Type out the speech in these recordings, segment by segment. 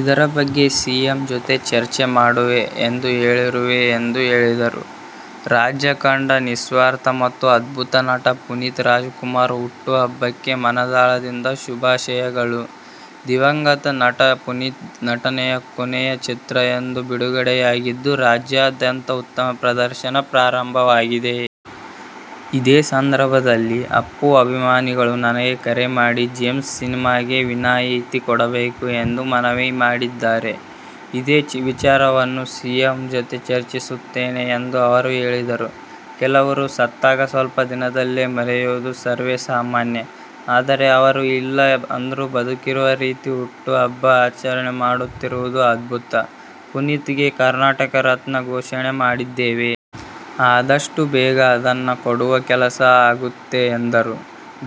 ಇದರ ಬಗ್ಗೆ ಸಿಎಂ ಜೊತೆ ಚರ್ಚೆ ಮಾಡುವೆ ಎಂದು ಹೇಳಿರುವೆ ಎಂದು ಹೇಳಿದರು. 'ರಾಜ್ಯ ಕಂಡ ನಿಸ್ವಾರ್ಥ ಮತ್ತು ಅಧ್ಭುತ ನಟ ಪುನೀತ್ ರಾಜ್ ಕುಮಾರ್ ಹುಟ್ಟು ಹಬ್ಬಕ್ಕೆ ಮನದಾಳದಿಂದ ಶುಭಾಶಯಗಳು.. ದಿ. ನಟ ಪುನೀತ್ ನಟನೆಯ ಕೊನೆಯ ಚಿತ್ರ ಇಂದು ಬಿಡುಗಡೆಯಾಗಿದ್ದು ರಾಜ್ಯಾದ್ಯಂತ ಉತ್ತಮ ಪ್ರದರ್ಶನ ಪ್ರಾರಂಭವಾಗಿದೆ. ಇದೇ ಸಂದರ್ಭದಲ್ಲಿ ಅಪ್ಪು ಅಭಿಮಾನಿಗಳು ನನಗೆ ಕರೆ ಮಾಡಿ ಜೇಮ್ಸ್ ಸಿನಿಮಾಗೆ ವಿನಾಯಿತಿ ಕೊಡಬೇಕು ಎಂದು ಮನವಿ ಮಾಡಿದ್ದಾರೆ, ಇದೇ ವಿಚಾರವನ್ನ ಸಿಎಂ ಜೊತೆ ಚರ್ಚಿಸುತ್ತೇನೆ ಎಂದು ಅವರು ಹೇಳಿದರು. ಕೆಲವರು ಸತ್ತಾಗ ಸ್ವಲ್ಪ ದಿನದಲ್ಲೆ ಮರೆಯುವುದು ಸರ್ವೇಸಾಮಾನ್ಯ, ಆದರೆ ಅವರು ಇಲ್ಲ ಅಂದ್ರು ಬದುಕಿರುವ ರೀತಿ ಹುಟ್ಟುಹಬ್ಬ ಆಚರಣೆ ಮಾಡುತ್ತಿರುವುದು ಅದ್ಭುತ, ಪುನೀತ್ ಗೆ ಕರ್ನಾಟಕ ರತ್ನ ಘೋಷಣೆ ಮಾಡಿದ್ದೇವೆ. ಆದಷ್ಟು ಬೇಗ ಅದನ್ನ ಕೊಡುವ ಕೆಲಸ ಆಗುತ್ತೆ ಎಂದರು.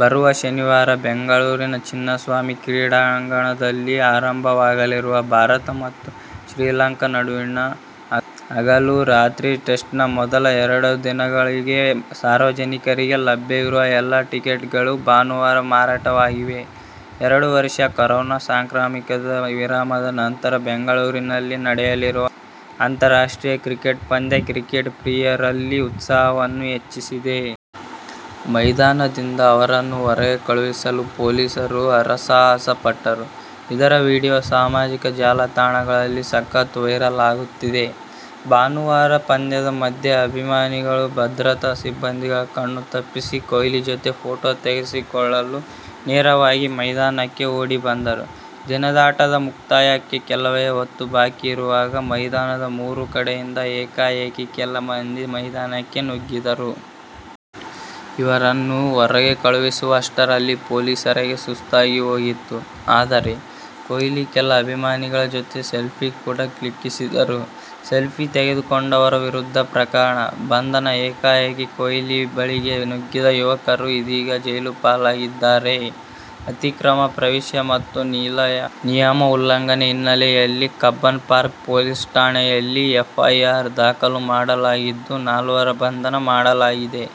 ಬರುವ ಶನಿವಾರ ಬೆಂಗಳೂರಿನ ಚಿನ್ನಸ್ವಾಮಿ ಕ್ರೀಡಾಂಗಣದಲ್ಲಿ ಆರಂಭವಾಗಲಿರುವ ಭಾರತ ಮತ್ತು ಶ್ರೀಲಂಕಾ ನಡುವಿನ ಹಗಲು-ರಾತ್ರಿ ಟೆಸ್ಟ್ನ ಮೊದಲ ಎರಡು ದಿನಗಳಿಗೆ ಸಾರ್ವಜನಿಕರಿಗೆ ಲಭ್ಯವಿರುವ ಎಲ್ಲಾ ಟಿಕೆಟ್ಗಳು ಭಾನುವಾರ ಮಾರಾಟವಾಗಿವೆ. ಎರಡು ವರ್ಷ ಕೊರೋನಾ ಸಾಂಕ್ರಾಮಿಕದ ವಿರಾಮದ ನಂತರ ಬೆಂಗಳೂರಿನಲ್ಲಿ ನಡೆಯಲಿರುವ ಅಂತಾರಾಷ್ಟ್ರೀಯ ಕ್ರಿಕೆಟ್ ಪಂದ್ಯ ಕ್ರಿಕೆಟ್ ಪ್ರಿಯರಲ್ಲಿ ಉತ್ಸಾಹವನ್ನು ಹೆಚ್ಚಿಸಿದೆ. ಮೈದಾನದಿಂದ ಅವರನ್ನು ಹೊರಗೆ ಕಳುಹಿಸಲು ಪೊಲೀಸರು ಹರಸಾಹಸ ಪಟ್ಟರು. ಇದರ ವಿಡಿಯೋ ಸಾಮಾಜಿಕ ಜಾಲತಾಣಗಳಲ್ಲಿ ಸಖತ್ ವೈರಲ್ ಆಗುತ್ತಿದೆ. ಭಾನುವಾರ ಪಂದ್ಯದ ಮಧ್ಯೆ ಅಭಿಮಾನಿಗಳು ಭದ್ರತಾ ಸಿಬ್ಬಂದಿಗಳ ಕಣ್ಣು ತಪ್ಪಿಸಿ ಕೊಹ್ಲಿ ಜೊತೆ ಫೋಟೋ ತೆಗೆಸಿಕೊಳ್ಳಲು ನೇರವಾಗಿ ಮೈದಾನಕ್ಕೆ ಓಡಿ ಬಂದರು. ದಿನದಾಟದ ಮುಕ್ತಾಯಕ್ಕೆ ಕೆಲವೇ ಹೊತ್ತು ಬಾಕಿ ಇರುವಾಗ ಮೈದಾನದ ಮೂರು ಕಡೆಯಿಂದ ಏಕಾಏಕಿ ಕೆಲ ಮಂದಿ ಮೈದಾನಕ್ಕೆ ನುಗ್ಗಿದರು. ಇವರನ್ನು ಹೊರಗೆ ಕಳುಹಿಸುವಷ್ಟರಲ್ಲಿ ಪೊಲೀಸರಿಗೆ ಸುಸ್ತಾಗಿ ಹೋಗಿತ್ತು. ಆದರೆ, ಕೊಹ್ಲಿ ಕೆಲ ಅಭಿಮಾನಿಗಳ ಜೊತೆ ಸೆಲ್ಫಿ ಕೂಡ ಕ್ಲಿಕ್ಕಿಸಿದರು. ಸೆಲ್ಫಿ ತೆಗೆದುಕೊಂಡವರ ವಿರುದ್ಧ ಪ್ರಕರಣ, ಬಂಧನ ಏಕಾಏಕಿ ವಿರಾಟ್ ಕೊಹ್ಲಿ ಬಳಿಗೆ ನುಗ್ಗಿದ್ದ ಯುವಕರು ಇದೀಗ ಜೈಲು ಪಾಲಾಗಿದ್ದಾರೆ. ಅತಿಕ್ರಮ ಪ್ರವೇಶ ಮತ್ತು ನಿಯಮ ಉಲ್ಲಂಘನೆ ಹಿನ್ನಲೆಯಲ್ಲಿ ಕಬ್ಬನ್ ಪಾರ್ಕ್ ಪೊಲೀಸ್ ಠಾಣೆಯಲ್ಲಿ ಎಫ್ಐಆರ್ ದಾಖಲು ಮಾಡಲಾಗಿದ್ದು ನಾಲ್ವರ ಬಂಧನ ಮಾಡಲಾಗಿದೆ.